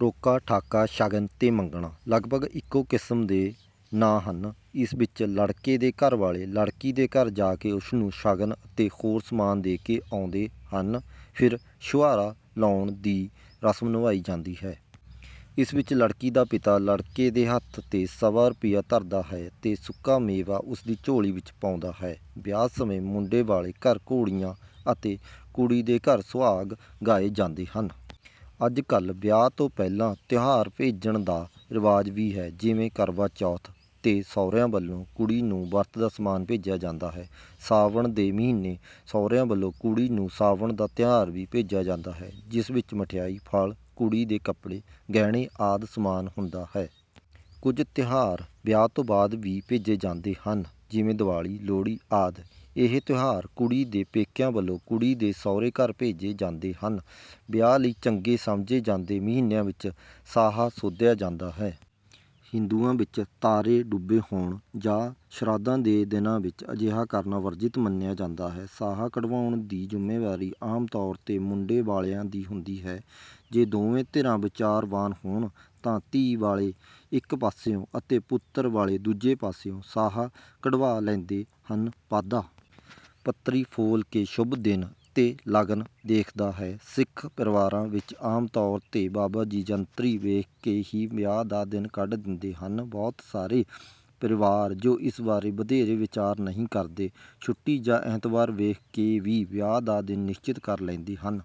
ਰੋਕਾ, ਠਾਕਾ, ਸ਼ਗਨ ਤੇ ਮੰਗਣਾ ਲਗਭਗ ਇੱਕੋ ਕਿਸਮ ਦੇ ਨਾਂ ਹਨ। ਇਸ ਵਿੱਚ ਲੜਕੇ ਦੇ ਘਰ ਵਾਲੇ ਲੜਕੀ ਦੇ ਘਰ ਜਾ ਕੇ ਉਸ ਨੂੰ ਸ਼ਗਨ ਅਤੇ ਹੋਰ ਸਮਾਨ ਦੇ ਕੇ ਆਉਂਦੇ ਹਨ। ਫਿਰ ਛੁਆਰਾ ਲਾਉਣ ਦੀ ਰਸਮ ਨਿਭਾਈ ਜਾਂਦੀ ਹੈ। ਇਸ ਵਿੱਚ ਲੜਕੀ ਦਾ ਪਿਤਾ ਲੜਕੇ ਦੇ ਹੱਥ ’ਤੇ ਸਵਾ ਰੁਪਇਆ ਧਰਦਾ ਹੈ ਅਤੇ ਸੁੱਕਾ ਮੇਵਾ ਉਸ ਦੀ ਝੋਲੀ ਵਿੱਚ ਪਾਉਂਦਾ ਹੈ। ਵਿਆਹ ਸਮੇਂ ਮੁੰਡੇ ਵਾਲੇ ਘਰ ‘ਘੋੜੀਆਂ’ ਅਤੇ ਕੁੜੀ ਦੇ ਘਰ ‘ਸੁਹਾਗ’ ਗਾਏ ਜਾਂਦੇ ਹਨ। ਅੱਜ-ਕੱਲ੍ਹ ਵਿਆਹ ਤੋਂ ਪਹਿਲਾਂ ਤਿਉਹਾਰ ਭੇਜਣ ਦਾ ਰਿਵਾਜ ਵੀ ਹੈ। ਜਿਵੇਂ ਕਰਵਾ ਚੌਥ ’ਤੇ ਸਹੁਰਿਆਂ ਵੱਲੋਂ ਕੁੜੀ ਨੂੰ ਵਰਤ ਦਾ ਸਮਾਨ ਭੇਜਿਆ ਜਾਂਦਾ ਹੈ। ਸਾਵਣ ਦੇ ਮਹੀਨੇ ਸਹੁਰਿਆਂ ਵੱਲੋਂ ਕੁੜੀ ਨੂੰ ਸਾਵਣ ਦਾ ਤਿਉਹਾਰ ਵੀ ਭੇਜਿਆ ਜਾਂਦਾ ਹੈ, ਜਿਸ ਵਿੱਚ ਮਿਠਾਈ, ਫਲ, ਕੁੜੀ ਦੇ ਕੱਪੜੇ, ਗਹਿਣੇ ਆਦਿ ਸਮਾਨ ਹੁੰਦਾ ਹੈ। ਕੁਝ ਤਿਉਹਾਰ ਵਿਆਹ ਤੋਂ ਬਾਅਦ ਵੀ ਭੇਜੇ ਜਾਂਦੇ ਹਨ, ਜਿਵੇਂ ਦਿਵਾਲੀ, ਲੋਹੜੀ ਆਦਿ। ਇਹ ਤਿਉਹਾਰ ਕੁੜੀ ਦੇ ਪੇਕਿਆਂ ਵੱਲੋਂ ਕੁੜੀ ਦੇ ਸਹੁਰੇ ਘਰ ਭੇਜੇ ਜਾਂਦੇ ਹਨ। ਵਿਆਹ ਲਈ ਚੰਗੇ ਸਮਝੇ ਜਾਂਦੇ ਮਹੀਨਿਆਂ ਵਿੱਚ ਸਾਹਾ ਸੋਧਿਆ ਜਾਂਦਾ ਹੈ। ਹਿੰਦੂਆਂ ਵਿੱਚ ਤਾਰੇ ਡੁੱਬੇ ਹੋਣ ਜਾਂ ਸ਼ਰਾਧਾਂ ਦੇ ਦਿਨਾਂ ਵਿੱਚ ਅਜਿਹਾ ਕਰਨਾ ਵਰਜਿਤ ਮੰਨਿਆ ਜਾਂਦਾ ਹੈ। ਸਾਹਾ ਕਢਵਾਉਣ ਦੀ ਜ਼ਿੰਮੇਵਾਰੀ ਆਮ ਤੌਰ ’ਤੇ ਮੁੰਡੇ ਵਾਲਿਆਂ ਦੀ ਹੁੰਦੀ ਹੈ। ਜੇ ਦੋਵੇਂ ਧਿਰਾਂ ਵਿਚਾਰਵਾਨ ਹੋਣ, ਤਾਂ ਧੀ ਵਾਲੇ ਇੱਕ ਪਾਸਿਓਂ ਅਤੇ ਪੁੱਤਰ ਵਾਲੇ ਦੂਜੇ ਪਾਸਿਓਂ ਸਾਹਾ ਕਢਵਾ ਲੈਂਦੇ ਹਨ। ਪਾਂਧਾ ਪੱਤਰੀ ਫੋਲ ਕੇ ਸ਼ੁਭ ਦਿਨ ਅਤੇ ਲਗਨ ਦੇਖਦਾ ਹੈ। ਸਿੱਖ ਪਰਿਵਾਰਾਂ ਵਿੱਚ ਆਮ ਤੌਰ ’ਤੇ ਬਾਬਾ ਜੀ ਜੰਤਰੀ ਵੇਖ ਕੇ ਹੀ ਵਿਆਹ ਦਾ ਦਿਨ ਕੱਢ ਦਿੰਦੇ ਹਨ। ਬਹੁਤ ਸਾਰੇ ਪਰਿਵਾਰ, ਜੋ ਇਸ ਬਾਰੇ ਵਧੇਰੇ ਵਿਚਾਰ ਨਹੀਂ ਕਰਦੇ, ਛੁੱਟੀ ਜਾਂ ਐਤਵਾਰ ਵੇਖ ਕੇ ਵੀ ਵਿਆਹ ਦਾ ਦਿਨ ਨਿਸ਼ਚਿਤ ਕਰ ਲੈਂਦੇ ਹਨ।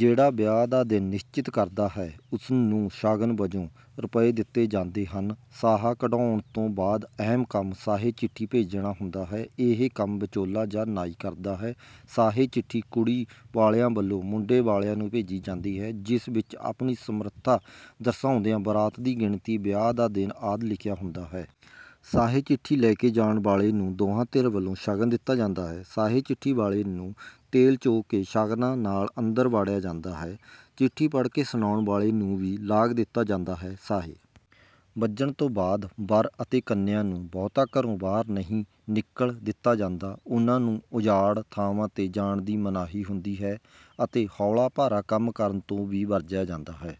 ਜਿਹੜਾ ਵਿਆਹ ਦਾ ਦਿਨ ਨਿਸ਼ਚਿਤ ਕਰਦਾ ਹੈ, ਉਸ ਨੂੰ ਸ਼ਗਨ ਵਜੋਂ ਰੁਪਏ ਦਿੱਤੇ ਜਾਂਦੇ ਹਨ। ਸਾਹਾ ਕਢਵਾਉਣ ਤੋਂ ਬਾਅਦ ਅਹਿਮ ਕੰਮ ਸਾਹੇ-ਚਿੱਠੀ ਭੇਜਣਾ ਹੁੰਦਾ ਹੈ। ਇਹ ਕੰਮ ਵਿਚੋਲਾ ਜਾਂ ਨਾਈ ਕਰਦਾ ਹੈ। ਸਾਹੇ-ਚਿੱਠੀ ਕੁੜੀ ਵਾਲਿਆਂ ਵੱਲੋਂ ਮੁੰਡੇ ਵਾਲਿਆਂ ਨੂੰ ਭੇਜੀ ਜਾਂਦੀ ਹੈ, ਜਿਸ ਵਿੱਚ ਆਪਣੀ ਸਮਰੱਥਾ ਦਰਸਾਉਂਦਿਆਂ ਬਰਾਤ ਦੀ ਗਿਣਤੀ, ਵਿਆਹ ਦਾ ਦਿਨ ਆਦਿ ਲਿਖਿਆ ਹੁੰਦਾ ਹੈ। ਸਾਹੇ-ਚਿੱਠੀ ਲੈ ਕੇ ਜਾਣ ਵਾਲੇ ਨੂੰ ਦੋਹਾਂ ਧਿਰਾਂ ਵੱਲੋਂ ਸ਼ਗਨ ਦਿੱਤਾ ਜਾਂਦਾ ਹੈ। ਸਾਹੇ-ਚਿੱਠੀ ਵਾਲੇ ਨੂੰ ਤੇਲ ਚੋ ਕੇ ਸ਼ਗਨਾਂ ਨਾਲ ਅੰਦਰ ਵਾੜਿਆ ਜਾਂਦਾ ਹੈ। ਚਿੱਠੀ ਪੜ੍ਹ ਕੇ ਸੁਣਾਉਣ ਵਾਲੇ ਨੂੰ ਵੀ ਲਾਗ ਦਿੱਤਾ ਜਾਂਦਾ ਹੈ। ਸਾਹੇ ਬੱਜਣ ਤੋਂ ਬਾਅਦ ਵਰ ਅਤੇ ਕੰਨਿਆ ਨੂੰ ਬਹੁਤਾ ਘਰੋਂ ਬਾਹਰ ਨਹੀਂ ਨਿਕਲਣ ਦਿੱਤਾ ਜਾਂਦਾ। ਉਹਨਾਂ ਨੂੰ ਉਜਾੜ ਥਾਵਾਂ ’ਤੇ ਜਾਣ ਦੀ ਮਨਾਹੀ ਹੁੰਦੀ ਹੈ ਅਤੇ ਹੌਲਾ-ਭਾਰਾ ਕੰਮ ਕਰਨ ਤੋਂ ਵੀ ਵਰਜਿਆ ਜਾਂਦਾ ਹੈ।